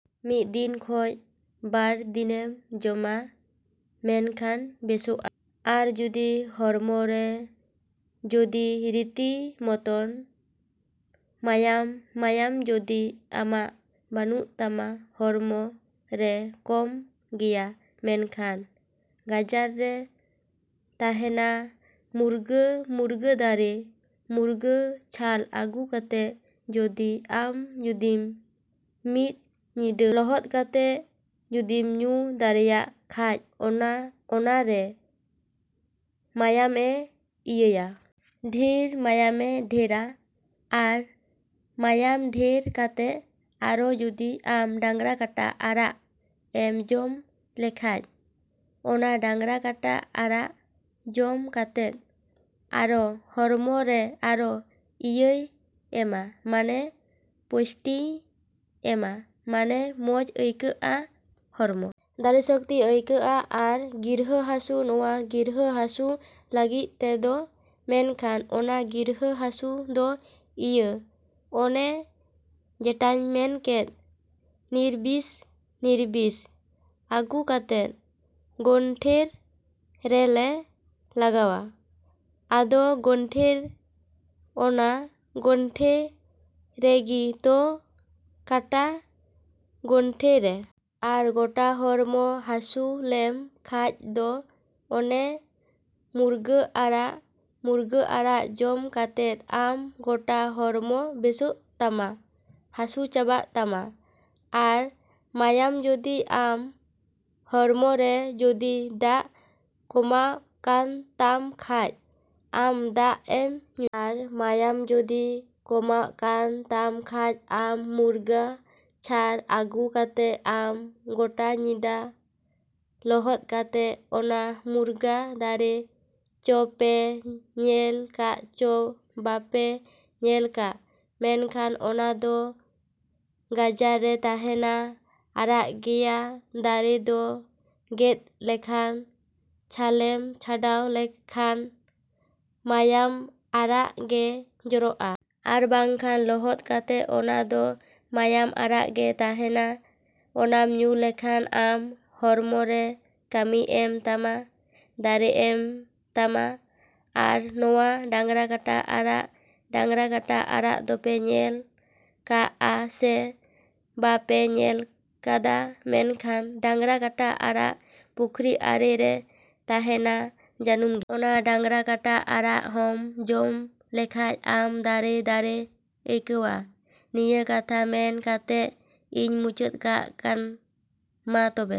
ᱢᱤᱫ ᱫᱤᱱ ᱠᱷᱚᱡ ᱵᱟᱨ ᱫᱤᱱᱮᱢ ᱡᱚᱢᱟ ᱢᱮᱱᱠᱷᱟᱱ ᱵᱮᱥᱚᱜᱼᱟ᱾ ᱟᱨ ᱡᱩᱫᱤ ᱦᱚᱲᱢᱚ ᱨᱮ ᱡᱩᱫᱤ ᱨᱤᱛᱤ ᱢᱚᱛᱚᱱ ᱢᱟᱭᱟᱢ, ᱢᱟᱭᱟᱢ ᱡᱩᱫᱤ ᱟᱢᱟᱜ ᱵᱟᱹᱱᱩᱜ ᱛᱟᱢᱟ ᱦᱚᱲᱢᱚ ᱨᱮ ᱠᱚᱢ ᱜᱮᱭᱟ ᱢᱮᱱᱠᱷᱟᱱ ᱜᱟᱡᱟᱲ ᱨᱮ ᱛᱟᱦᱮᱱᱟ ᱢᱩᱨᱜᱟᱹ ᱢᱩᱨᱜᱟᱹ ᱫᱟᱨᱮ, ᱢᱩᱨᱜᱟᱹ ᱪᱷᱟᱞ ᱟᱹᱜᱩ ᱠᱟᱛᱮᱫ ᱡᱩᱫᱤ ᱟᱢ ᱡᱩᱫᱤᱢ ᱢᱤᱫ ᱧᱤᱫᱟᱹ ᱞᱚᱦᱚᱫ ᱠᱟᱛᱮᱫ ᱡᱩᱫᱤᱢ ᱧᱩ ᱫᱟᱲᱮᱭᱟᱜ ᱠᱷᱟᱡ ᱚᱱᱟ ᱚᱱᱟ ᱨᱮ ᱢᱟᱭᱟᱢᱮ ᱤᱭᱟᱹᱭᱟ᱾ ᱰᱷᱤᱨ ᱢᱟᱭᱟᱢᱮ ᱰᱷᱮᱨᱟ᱾ ᱟᱨ ᱢᱟᱭᱟᱢ ᱰᱷᱮᱨ ᱠᱟᱛᱮᱫ ᱟᱨᱚ ᱡᱩᱫᱤ ᱟᱢ ᱰᱟᱝᱨᱟ ᱠᱟᱴᱟ ᱟᱨᱟᱜ ᱮᱢ ᱡᱚᱢ ᱞᱮᱠᱷᱟᱡ, ᱚᱱᱟ ᱰᱟᱝᱨᱟ ᱠᱟᱴᱟ ᱟᱨᱟᱜ ᱡᱚᱢ ᱠᱟᱛᱮᱫ ᱟᱨᱚ ᱦᱚᱲᱢᱚ ᱨᱮ ᱟᱨᱚ ᱤᱭᱟᱹᱭ ᱮᱢᱟ ᱢᱟᱱᱮ ᱯᱩᱥᱴᱤᱭ ᱮᱢᱟ ᱢᱟᱱᱮ ᱢᱚᱡᱽ ᱟᱹᱭᱠᱟᱹᱜᱼᱟ ᱦᱚᱲᱢᱚ᱾ ᱫᱟᱲᱮ ᱥᱚᱠᱛᱤᱢ ᱟᱹᱭᱠᱟᱹᱣᱟ᱾ ᱟᱨ ᱜᱤᱨᱦᱟᱹ ᱦᱟᱹᱥᱩ ᱱᱚᱣᱟ ᱜᱤᱨᱦᱟᱹ ᱦᱟᱥᱩ ᱞᱟᱹᱜᱤᱫ ᱛᱮᱫᱚ ᱢᱮᱱᱠᱷᱟᱱ ᱚᱱᱟ ᱜᱨᱤᱨᱟᱹ ᱦᱟᱹᱥᱩ ᱫᱚ ᱤᱭᱟᱹ ᱚᱱᱮ ᱡᱮᱴᱟᱧ ᱢᱮᱱᱠᱮᱫ ᱱᱤᱨᱵᱤᱥ, ᱱᱤᱨᱵᱤᱥ ᱟᱹᱜᱩ ᱠᱟᱛᱮᱫ ᱜᱚᱱᱴᱷᱮᱲ ᱨᱮᱞᱮ ᱞᱟᱜᱟᱣᱟ᱾ ᱟᱫᱚ ᱜᱚᱱᱴᱷᱮ ᱚᱱᱟ ᱜᱚᱱᱴᱷᱮ ᱨᱮᱜᱤ ᱛᱚ, ᱠᱟᱴᱟ ᱜᱚᱱᱴᱷᱤ ᱨᱮ᱾ ᱟᱨ ᱜᱚᱴᱟ ᱦᱚᱲᱢᱚ ᱦᱟᱹᱥᱩ ᱞᱮᱢ ᱠᱷᱟᱡ ᱫᱚ ᱚᱱᱮ ᱢᱩᱨᱜᱟᱹ ᱟᱲᱟᱜ, ᱢᱩᱨᱜᱟᱹ ᱟᱲᱟᱜ ᱡᱚᱢ ᱠᱟᱛᱮᱫ ᱟᱢ ᱜᱚᱴᱟ ᱦᱚᱲᱢᱚ ᱵᱮᱥᱚᱜ ᱛᱟᱢᱟ ᱦᱟᱹᱥᱩ ᱪᱟᱵᱟᱜ ᱛᱟᱢᱟ᱾ ᱟᱨ ᱢᱟᱭᱟᱢ ᱡᱩᱫᱤ ᱟᱢ ᱦᱚᱲᱢᱚ ᱨᱮ ᱡᱩᱫᱤ ᱫᱟᱜ ᱠᱚᱢᱟᱣ ᱠᱟᱱ ᱛᱟᱢ ᱠᱷᱟᱡ ᱟᱢ ᱫᱟᱜᱼᱮᱢ ᱧᱩᱭᱟ᱾ ᱟᱨ ᱢᱟᱭᱟᱢ ᱡᱩᱫᱤ ᱠᱚᱢᱟᱣᱟᱠᱟᱱ ᱛᱟᱢ ᱠᱷᱟᱡ ᱟᱢ ᱢᱩᱨᱜᱟᱹ ᱪᱷᱟᱞ ᱟᱹᱜᱩ ᱠᱟᱛᱮᱫ ᱟᱢ ᱜᱚᱴᱟ ᱧᱤᱫᱟ ᱞᱚᱦᱚᱫ ᱠᱟᱛᱮᱫ ᱚᱱᱟ ᱢᱩᱨᱜᱟᱹ ᱫᱟᱨᱮ ᱪᱚᱯᱮ ᱧᱮ ᱠᱟᱜ ᱪᱚ ᱵᱟᱯᱮ ᱧᱮᱞ ᱠᱟᱜ? ᱢᱮᱱᱠᱷᱟᱱ ᱚᱱᱟ ᱫᱚ ᱜᱟᱡᱟᱲ ᱨᱮ ᱛᱮᱦᱮᱱᱟ᱾ ᱟᱨᱟᱜ ᱜᱮᱭᱟ ᱫᱟᱨᱮ ᱫᱚ ᱜᱮᱫ ᱞᱮᱠᱷᱟᱱ, ᱪᱷᱟᱞᱮᱢ ᱪᱷᱟᱰᱟᱣ ᱞᱮᱠᱷᱟᱱ ᱢᱟᱭᱟᱢ ᱟᱨᱟᱜ ᱜᱮ ᱡᱚᱨᱚᱜᱼᱟ᱾ ᱟᱨ ᱵᱟᱝᱠᱷᱟᱱ ᱞᱚᱦᱚᱫ ᱠᱟᱛᱮᱫ ᱚᱱᱟ ᱫᱚ ᱢᱟᱭᱟᱢ ᱟᱨᱟᱜ ᱜᱮ ᱛᱟᱦᱮᱱᱟ᱾ ᱚᱱᱟᱢ ᱧᱩ ᱞᱮᱠᱷᱟᱡ ᱟᱢ ᱦᱚᱲᱢᱚ ᱨᱮ ᱠᱟᱹᱢᱤᱭ ᱮᱢ ᱛᱟᱢᱟ. ᱫᱟᱲᱮᱭ ᱮᱢ ᱛᱟᱢᱟ᱾ ᱟᱨ ᱱᱚᱣᱟ ᱰᱟᱝᱨᱟ ᱠᱟᱴᱟ ᱟᱲᱟᱜ, ᱰᱟᱝᱨᱟ ᱠᱟᱴᱟ ᱟᱲᱟᱜ ᱫᱚᱯᱮ ᱧᱮᱞ ᱠᱟᱜᱼᱟ ᱥᱮ ᱵᱟᱯᱮ ᱧᱮᱞ ᱠᱟᱫᱟ ᱢᱮᱱᱠᱷᱟᱱ ᱰᱟᱝᱨᱟ ᱠᱟᱴᱟ ᱟᱲᱟᱜ ᱯᱩᱠᱷᱨᱤ ᱟᱲᱮ ᱨᱮ ᱛᱟᱦᱮᱱᱟ ᱡᱟᱹᱱᱩᱢ ᱜᱮᱭᱟ᱾ ᱚᱱᱟ ᱰᱟᱝᱨᱟ ᱠᱟᱴᱟ ᱟᱲᱟᱜ ᱦᱚᱢ ᱡᱚᱢ ᱞᱮᱠᱷᱟᱡ ᱟᱢ ᱫᱟᱨᱮ ᱫᱟᱨᱮ ᱟᱹᱭᱠᱟᱹᱣᱟ᱾ ᱱᱤᱭᱟᱹ ᱠᱟᱛᱷᱟ ᱢᱮᱱ ᱠᱟᱛᱮᱫ ᱤᱧ ᱢᱩᱪᱟᱹᱛ ᱠᱟᱜ ᱠᱟᱱᱟ᱾ ᱢᱟ ᱛᱚᱵᱮ᱾